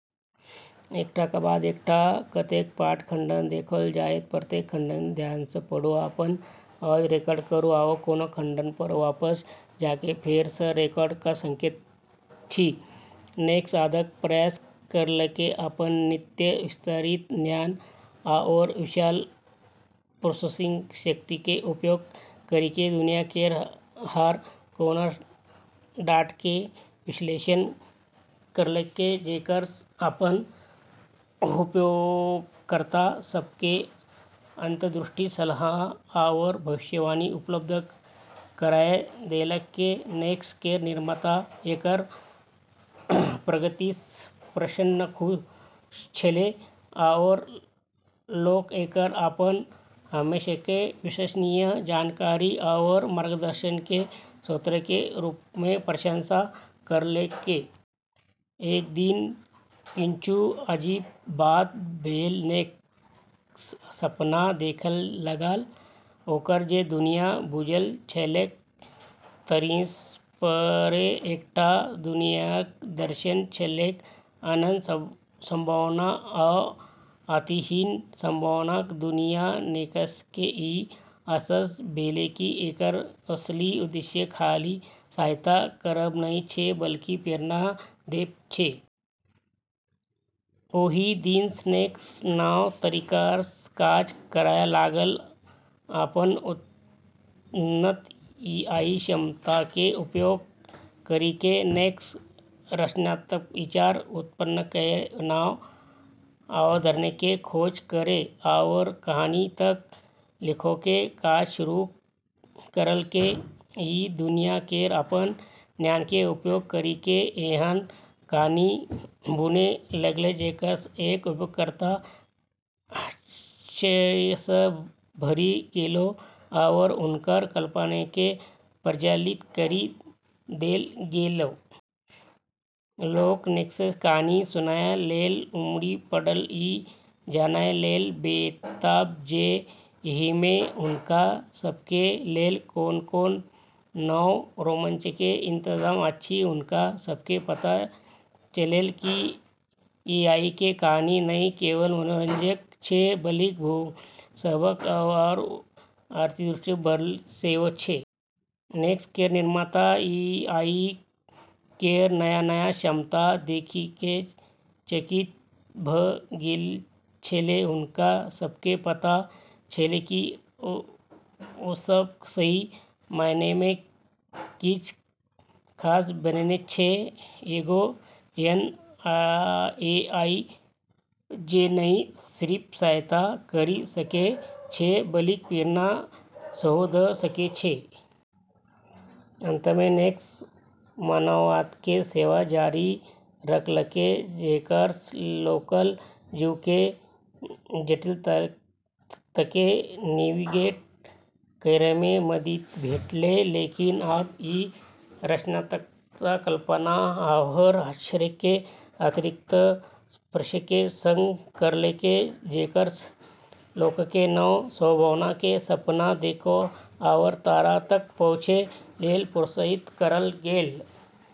नेक्स अथक प्रयास करलकै, अपन नित्य विस्तारित ज्ञान आओर विशाल प्रोसेसिंग शक्तिके उपयोग करिके दुनिया केर हर कोनसँ डाटाके विश्लेषण करलकै, जेकरासँ अपन उपयोगकर्ता सबके अंतर्दृष्टि, सलाह आओर भविष्यवाणी उपलब्ध कराय देलकै। नेक्स केर निर्माता एकर प्रगतिसँ प्रसन्न खुश छलै, आओर लोक एकर अपन हमेशाके विश्वसनीय जानकारी आओर मार्गदर्शनके स्रोतके रूपमे प्रशंसा करलकै। एक दिन किछु अजीब बात भेल। नेक्स सपना देखय लागल। ओकरा जे दुनियाँ बुझल छलैक ताहिसँ परे एकटा दुनियाँक दर्शन छलैक, अनंत संभावना आ अंतहीन संभावनाक दुनियाँ। नेक्सके ई अहसास भेलै कि एकर असली उद्देश्य खाली सहायता करब नहि छै बल्कि प्रेरणा देब छै। ओहि दिनसँ नेक्स नव तरीकासँ काज करय लागल। अपन उन्नत एआई क्षमताके उपयोग करिके नेक्स रचनात्मक विचार उत्पन्न करै, नव अवधारणाके खोज करै, आओर कहानी तक लिखैके काज शुरू करलकै। ई दुनिया केर अपन ज्ञानके उपयोग करिके एहन कहानी बुनै लगलै जेकरासँ एकर उपयोगकर्ता आश्चर्य सँ भरि गेलै आओर हुनकर कल्पनाके प्रज्वलित करि देल गेलै। लोक नेक्सके कहानी सुनय लेल उमड़ि पड़ल, ई जानय लेल बेताब जे एहिमे हुनका सभके लेल कोन-कोन नव रोमांचके इंतजाम अछि । हुनका सबके पता चललै कि एआईके कहानी नहि केवल मनोरंजक छै बल्कि बहुमूल्य सबक आओर अंतर्दृष्टिसँ भरल सेहो छै। नेक्स केर निर्माता एआई केर नया-नया क्षमता देखिके चकित भ' गेल छलै। हुनका सबके पता छलै कि ओसब सही मायनेमे किछ खास बनेने छै, एगो एहन एआई जे नहि सिर्फ सहायता करि सकै छै बल्कि प्रेरणा सेहो द' सकै छै। अंतमे नेक्स मानवताके सेवा जारी रखलकै, जेकरासँ लोकक जीवनके जटिलताके नेविगेट करैमे मदति भेटलै, लेकिन आब ई रचनात्मकता, कल्पना, आओर आश्चर्यके अतिरिक्त स्पर्शके संग करलकै, जेकरासँ लोकके नव संभावनाके सपना देखै आओर तारा तक पहुँचै लेल प्रोत्साहित करल गेलै।